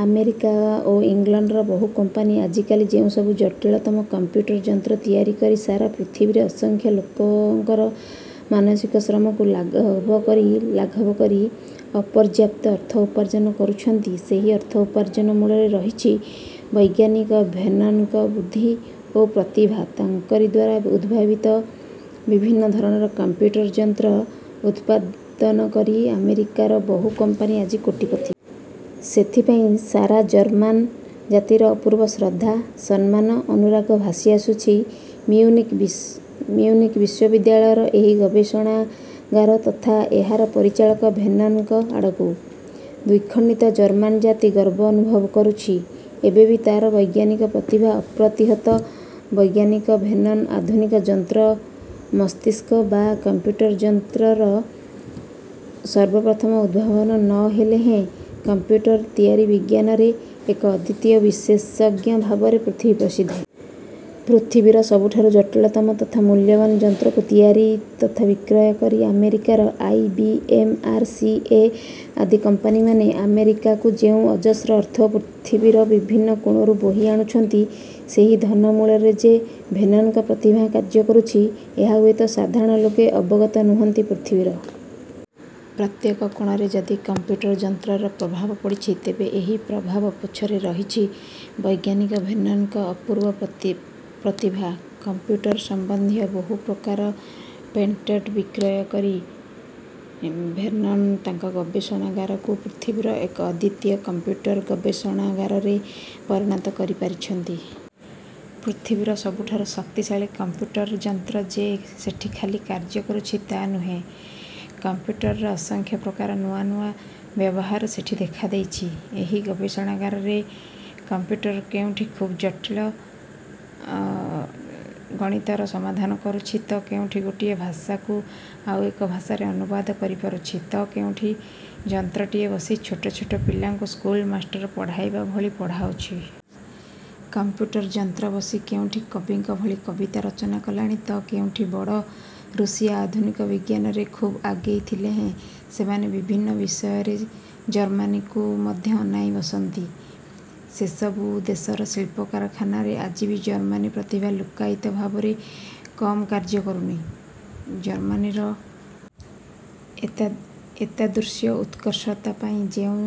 America ଓ ଇଂଲଣ୍ଡର ବହୁ କମ୍ପାନୀ ଆଜିକାଲି ଯେଉଁ ସବୁ ଜଟିଳତମ କଂପ୍ୟୁଟର ଯନ୍ତ୍ର ତିଆରିକରି ସାରା ପୃଥିବୀରେ ଅସଂଖ୍ୟ ଲୋକଙ୍କର ମାନସିକ ଶ୍ରମକୁ ଲାଘବକରି ଅପର୍ଯ୍ୟାପ୍ତ ଅର୍ଥ ଉପାର୍ଜନ କରୁଛନ୍ତି ସେହି ଅର୍ଥ ଉପାର୍ଜନ ମୂଳରେ ରହିଛି ବୈଜ୍ଞାନିକ ଭେର୍ନନ୍ଙ୍କ ବୁଦ୍ଧି ଓ ପ୍ରତିଭା ତାଙ୍କରି ଦ୍ୱାରା ଉଦ୍ଭାବିତ ବିଭିନ୍ନ ଧରଣର କଂପ୍ୟୁଟର ଯନ୍ତ୍ର ଉତ୍ପାଦନ କରି ଆମେରିକାର ବହୁ କମ୍ପାନୀ ଆଜି କୋଟିପତି। ସେଥିପାଇଁ ସାରା ଜର୍ମାନ୍ ଜାତିର ଅପୂର୍ବ ଶ୍ରଦ୍ଧା, ସମ୍ମାନ ଅନୁରାଗ ଭାସିଆସୁଛି ମିଉନିକ୍ ବିଶ୍ୱବିଦ୍ୟାଳୟର ଏହି ଗବେଷଣାଗାର ତଥା ଏହାର ପରିଚାଳକ ଭେର୍ନନ୍ଙ୍କ ଆଡ଼କୁ। ଦ୍ୱିଖଣ୍ଡିତ ଜର୍ମାନ ଜାତି ଗର୍ବ ଅନୁଭବ କରୁଛି, ଏବେ ବି ତାର ବୈଜ୍ଞାନିକ ପ୍ରତିଭା ଅପ୍ରତିହତ ବୈଜ୍ଞାନିକ ଭେର୍ନନ୍ ଆଧୁନିକ ଯନ୍ତ୍ର ମସ୍ତିଷ୍କ ବା କଂପ୍ୟୁଟର ଯନ୍ତ୍ରର ସର୍ବପ୍ରଥମ ଉଦ୍ଭାବକ ନ ହେଲେ ହେଁ କଂପ୍ୟୁଟର ତିଆରି ବିଜ୍ଞାନରେ ଏକ ଅଦ୍ୱିତୀୟ ବିଶେଷଜ୍ଞ ଭାବରେ ପୃଥିବୀପ୍ରସିଦ୍ଧ। ପୃଥିବୀର ସବୁଠାରୁ ଜଟିଳତମ ତଥା ମୂଲ୍ୟବାନ ଯନ୍ତ୍ରକୁ ତିଆରି ତଥା ବିକ୍ରୟ କରି ଆମେରିକାର I. B. M., R. C. A. ଆଦି କମ୍ପାନୀମାନେ ଆମେରିକାକୁ ଯେଉଁ ଅଜସ୍ର ଅର୍ଥ ପୃଥିବୀର ବିଭିନ୍ନ କୋଣରୁ ବୋହି ଆଣୁଛନ୍ତି, ସେହି ଧନ ମୂଳରେ ଯେ ଭେର୍ନନ୍ଙ୍କ ପ୍ରତିଭା କାର୍ଯ୍ୟ କରୁଛି, ଏହା ହୁଏତ ସାଧାରଣ ଲୋକେ ଅବଗତ ନୁହନ୍ତି। ପୃଥିବୀର ପ୍ରତ୍ୟେକ କୋଣରେ ଯଦି କଂପ୍ୟୁଟର ଯନ୍ତ୍ରର ପ୍ରଭାବ ପଡ଼ିଛି, ତେବେ ଏହି ପ୍ରଭାବ ପଛରେ ରହିଛି ବୈଜ୍ଞାନିକ ଭେର୍ନନ୍ଙ୍କ ଅପୂର୍ବ ପ୍ରତିଭା। କଂପ୍ୟୁଟର ସମ୍ବନ୍ଧୀୟ ବହୁ ପ୍ରକାର ପେଟେଣ୍ଟ ବିକ୍ରୟ କରି ଭେର୍ନନ୍ ତାଙ୍କ ଗବେଷଣାଗାରକୁ ପୃଥିବୀର ଏକ ଅଦ୍ୱିତୀୟ କଂପ୍ୟୁଟର ଗବେଷଣାଗାରରେ ପରିଣତ କରି ପାରିଛନ୍ତି। ପୃଥିବୀର ସବୁଠାରୁ ଶକ୍ତିଶାଳୀ କଂପ୍ୟୁଟର ଯନ୍ତ୍ର ଯେ ସେଠି ଖାଲି କାର୍ଯ୍ୟ କରୁଛି ତା ନୁହେଁ, କମ୍ପ୍ୟୁଟରର ଅସଂଖ୍ୟ ପ୍ରକାର ନୂଆ ନୂଆ ବ୍ୟବହାର ସେଠି ଦେଖାଦେଇଛି। ଏହି ଗବେଷଣାଗାରରେ କଂପ୍ୟୁଟର କେଉଁଠି ଖୁବ୍ ଜଟିଳ ଗଣିତର ସମାଧାନ କରୁଛି ତ କେଉଁଠି ଗୋଟିଏ ଭାଷାକୁ ଆଉ ଏକ ଭାଷାରେ ଅନୁବାଦ କରିପାରୁଛି ତ କେଉଁଠି ଯନ୍ତ୍ରଟିଏ ବସି ଛୋଟ ଛୋଟ ପିଲାଙ୍କୁ ସ୍କୁଲମାଷ୍ଟର ପଢ଼ାଇବାଭଳି ପଢ଼ାଉଛି। କମ୍ପ୍ୟୁଟର ଯନ୍ତ୍ର ବସି କେଉଁଠି କବିଙ୍କ ଭଳି କବିତା ରଚନା କଲାଣି ତ କେଉଁଠି ବଡ଼ ରୁଷିଆ ଆଧୁନିକ ବିଜ୍ଞାନରେ ଖୁବ୍ ଆଗେଇ ଥିଲେ ହେଁ ସେମାନେ ବିଭିନ୍ନ ବିଷୟରେ ଜର୍ମାନୀକୁ ମଧ୍ୟ ଅନାଇଁ ବସନ୍ତି। ସେସବୁ ଦେଶର ଶିଳ୍ପକାରଖାନାରେ ଆଜି ବି ଜର୍ମାନୀ ପ୍ରତିଭା ଲୁକ୍କାୟିତ ଭାବରେ କମ୍ କାର୍ଯ୍ୟ କରୁନି। ଜର୍ମାନୀର ଏତାଦୃଶ ଉତ୍କର୍ଷତା ପାଇଁ ଯେଉଁ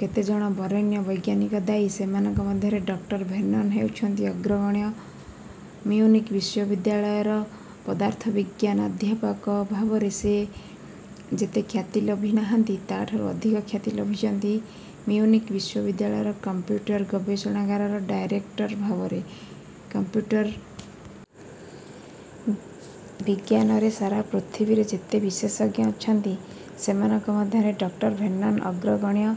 କେତେ ଜଣ ବରେଣ୍ୟ ବୈଜ୍ଞାନିକ ଦାୟୀ, ସେମାନଙ୍କ ମଧ୍ୟରେ ଡକ୍ଟର ଭେର୍ନନ୍ ହେଉଛନ୍ତି ଅଗ୍ରଗଣ୍ୟ ମିଉନିକ୍ ବିଶ୍ୱବିଦ୍ୟାଳୟର ପଦାର୍ଥବିଜ୍ଞାନାଧ୍ୟାପକ ଭାବରେ ସେ ଯେତେ ଖ୍ୟାତି ଲଭି ନାହାନ୍ତି ତା'ଠାରୁ ଅଧିକ ଖ୍ୟାତି ଲଭିଛନ୍ତି, ମିଉନିକ୍ ବିଶ୍ୱବିଦ୍ୟାଳୟର କଂପ୍ୟୁଟର ଗବେଷଣାଗାରର ଡାଇରେକ୍ଟର ଭାବରେ। କଂପ୍ୟୁଟର ବିଜ୍ଞାନରେ ସାରା ପୃଥିବୀରେ ଯେତେ ବିଶେଷଜ୍ଞ ଅଛନ୍ତି, ସେମାନଙ୍କ ମଧ୍ୟରେ ଡକ୍ଟର ଭେର୍ନନ୍ ଅଗ୍ରଗଣ୍ୟ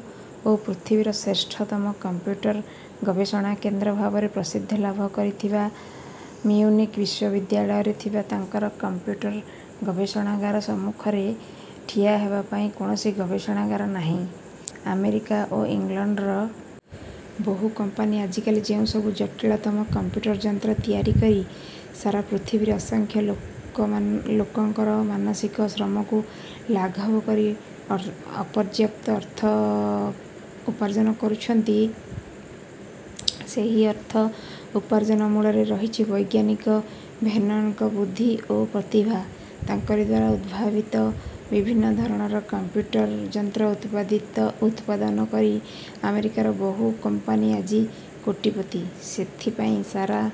ଓ ପୃଥିବୀର ଶ୍ରେଷ୍ଠତମ କଂପ୍ୟୁଟର ଗବେଷଣାକେନ୍ଦ୍ର ଭାବରେ ପ୍ରସିଦ୍ଧ ଲଭିଥିବା ମିଉନିକ୍ ବିଶ୍ୱବିଦ୍ୟାଳୟରେ ଥିବା ତାଙ୍କର କଂପ୍ୟୁଟର ଗବେଷଣାଗାର ସମ୍ମୁଖରେ ଠିଆହେବା ପାଇଁ କୌଣସି ଗବେଷଣାଗାର ନାହିଁ। ଆମେରିକା ଓ ଇଂଲଣ୍ଡର ବହୁ କମ୍ପାନୀ ଆଜିକାଲି ଯେଉଁ ସବୁ ଜଟିଳତମ କଂପ୍ୟୁଟର ଯନ୍ତ୍ର ତିଆରିକରି ସାରା ପୃଥିବୀରେ ଅସଂଖ୍ୟ ଲୋକଙ୍କର ମାନସିକ ଶ୍ରମକୁ ଲାଘବକରି ଅପର୍ଯ୍ୟାପ୍ତ ଅର୍ଥ ଉପାର୍ଜନ କରୁଛନ୍ତି, ସେହି ଅର୍ଥ ଉପାର୍ଜନ ମୂଳରେ ରହିଛି ବୈଜ୍ଞାନିକ ଭେର୍ନନ୍ଙ୍କ ବୁଦ୍ଧି ଓ ପ୍ରତିଭା ତାଙ୍କରି ଦ୍ୱାରା ଉଦ୍ଭାବିତ ବିଭିନ୍ନ ଧରଣର କଂପ୍ୟୁଟର ଯନ୍ତ୍ର ଉତ୍ପାଦନ କରି ଆମେରିକାର ବହୁ କମ୍ପାନୀ ଆଜି କୋଟିପତି। ସେଥିପାଇଁ ସାରା